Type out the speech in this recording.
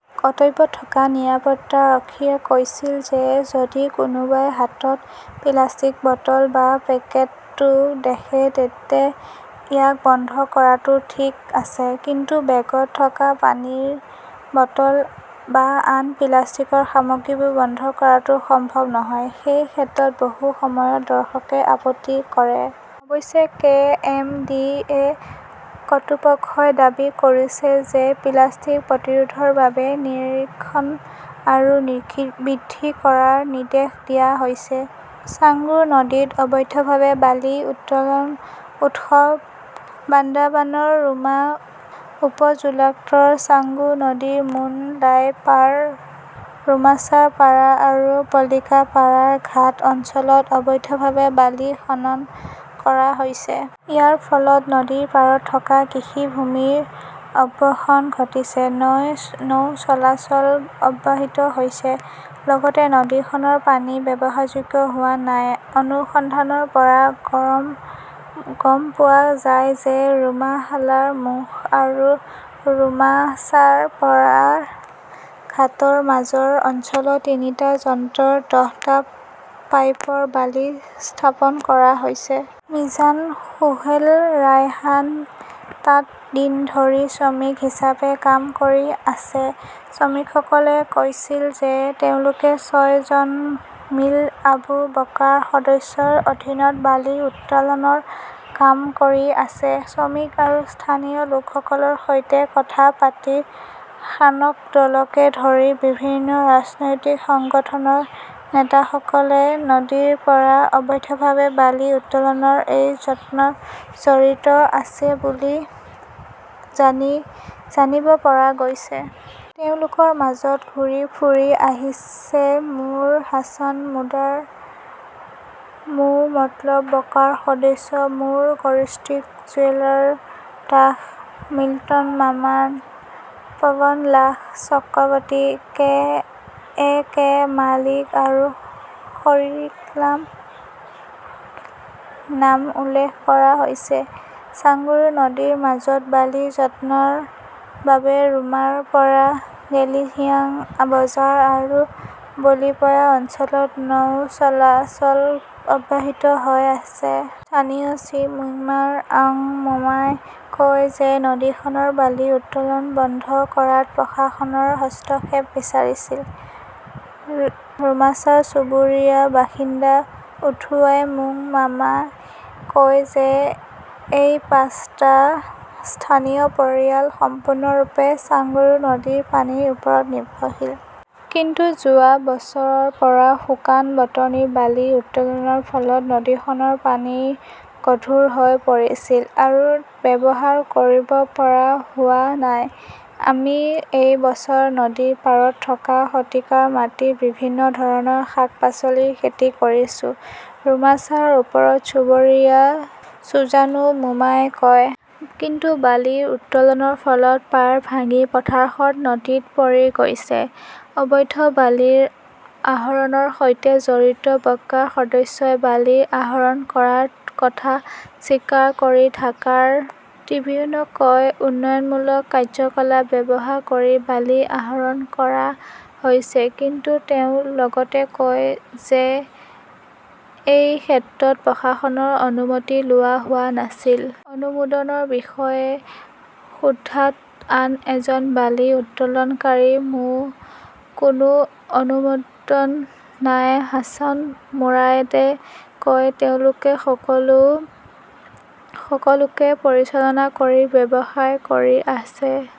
কৰ্তব্যত থকা নিৰাপত্তাৰক্ষীয়ে কৈছিল যে যদি কোনোবাই হাতত প্লাষ্টিকৰ বটল বা পেকেটটো দেখে তেন্তে ইয়াক বন্ধ কৰাটো ঠিক আছে। কিন্তু বেগত থকা পানীৰ বটল বা আন প্লাষ্টিকৰ সামগ্ৰীবোৰ বন্ধ কৰাটো সম্ভৱ নহয়। সেই ক্ষেত্ৰত বহু সময়ত দৰ্শকে আপত্তি কৰে। অৱশ্যে, কে. এম. ডি. এ. কৰ্তৃপক্ষই দাবী কৰিছে যে প্লাষ্টিক প্ৰতিৰোধৰ বাবে নিৰীক্ষণ আৰু বৃদ্ধি কৰাৰ নিৰ্দেশ দিয়া হৈছে। ছাংগু নদীত অবৈধভাৱে বালি উত্তোলনৰ উৎসৱ বান্দাৰবানৰ ৰুমা উপজিল্লাত ছাংগু নদীৰ মুন লাই পাৰা, ৰুমাচাৰ পাৰা আৰু পলিকা পাৰা ঘাট অঞ্চলত অবৈধভাৱে বালি খনন কৰা হৈছে। ইয়াৰ ফলত নদীৰ পাৰত থকা কৃষি ভূমিৰ অৱক্ষয় ঘটিছে, নৌ চলাচল ব্যাহত হৈছে। লগতে নদীখনৰ পানী ব্যৱহাৰযোগ্য হোৱা নাই। অনুসন্ধানৰ পৰা গম পোৱা যায় যে ৰুমা খালৰ মুখ আৰু ৰুমাচাৰ পাৰা ঘাটৰ মাজৰ অঞ্চলত তিনিটা যন্ত্ৰত দহটা পাইপ বালি স্থাপন কৰা হৈছে। মিজান, সোহেল, ৰায়হান তাত দিন ধৰি শ্ৰমিক হিচাপে কাম কৰি আছে। শ্ৰমিকসকলে কৈছিল যে তেওঁলোকে ছয়জন মিল আবু বক্কাৰ সদস্যৰ অধীনত বালি উত্তোলনৰ কাম কৰি আছে। শ্ৰমিক আৰু স্থানীয় লোকসকলৰ সৈতে কথা পাতি শাসক দলকে ধৰি বিভিন্ন ৰাজনৈতিক সংগঠনৰ নেতাসকলে নদীৰ পৰা অবৈধভাৱে বালি উত্তোলনৰ এই যজ্ঞত জড়িত আছিল বুলি জানিব পৰা গৈছে। তেওঁলোকৰ মাজত ঘূৰি ফুৰি আহিছে মো. হাছান মুৰাদ, মো. মলত্ব, বক্কাৰ সদস্য, মো. দস্তগিৰ, জুৱেল দাস, মিল্টন মাৰ্মা, প্ৰণৱ লাল চক্ৰৱৰ্তী, এ কে মালেক আৰু শকীলৰ নাম উল্লেখ কৰা হৈছে। ছাংগু নদীৰ মাজত বালি যন্ত্ৰৰ বাবে ৰুমাৰ পৰা গেলেঙ্গিয়া বজাৰ আৰু বলিপাড়া অঞ্চলত নৌ চলাচল ব্যাহত হৈ আছে। স্থানীয় শ্ৰী মুইম্ৰা অং মাৰ্মাই কয় তেওঁ নদীখনৰ বালি উত্তোলন বন্ধ কৰাত প্ৰশাসনৰ হস্তক্ষেপ বিচাৰিছিল। ৰুমাচাৰ চুবুৰীয়াৰ বাসিন্দা উথোৱাই মং মাৰ্মাই কয় যে এশ পাঁচটা স্থানীয় পৰিয়াল সম্পূৰ্ণৰূপে ছাংগু নদীৰ পানীৰ ওপৰত নিৰ্ভৰশীল। কিন্তু যোৱা বছৰৰ পৰা শুকান বতৰত বালি উত্তোলনৰ ফলত নদীখনৰ পানী গধুৰ হৈ পৰিছিল আৰু ব্যৱহাৰ কৰিব পৰা হোৱা নাছিল। আমি এই বছৰ নদীৰ পাৰত থকা শতিকাৰ মাটিত বিভিন্ন ধৰণৰ শাক-পাচলি খেতি কৰিছো, ৰুমাচাৰৰ ওপৰৰ চুবুৰীয়া চছানু মাৰ্মাই কয়। কিন্তু বালি উত্তোলনৰ ফলত পাৰ ভাঙি পথাৰখন নদীত পৰি গৈছে। অবৈধ বালি আহৰণৰ সৈতে জড়িত বক্কাৰ সদস্যই বালি আহৰণ কৰাৰ কথা স্বীকাৰ কৰি ঢাকা ট্ৰিবিউনক কয় উন্নয়নমূলক কাৰ্যকলাপত ব্যৱহাৰ কৰিবলৈ বালি আহৰণ কৰা হৈছে কিন্তু তেওঁ লগতে কয় যে এই ক্ষেত্ৰত প্ৰশাসনৰ অনুমতি লোৱা হোৱা নাছিল। অনুমোদনৰ বিষয়ে সোধাত আন এজন বালি উত্তোলনকাৰী মো. কোনো অনুমোদন নাই হাছান মুৰাদে কয় তেওঁলোকে সকলোকে পৰিচালনা কৰি ব্যৱসায় কৰি আছে।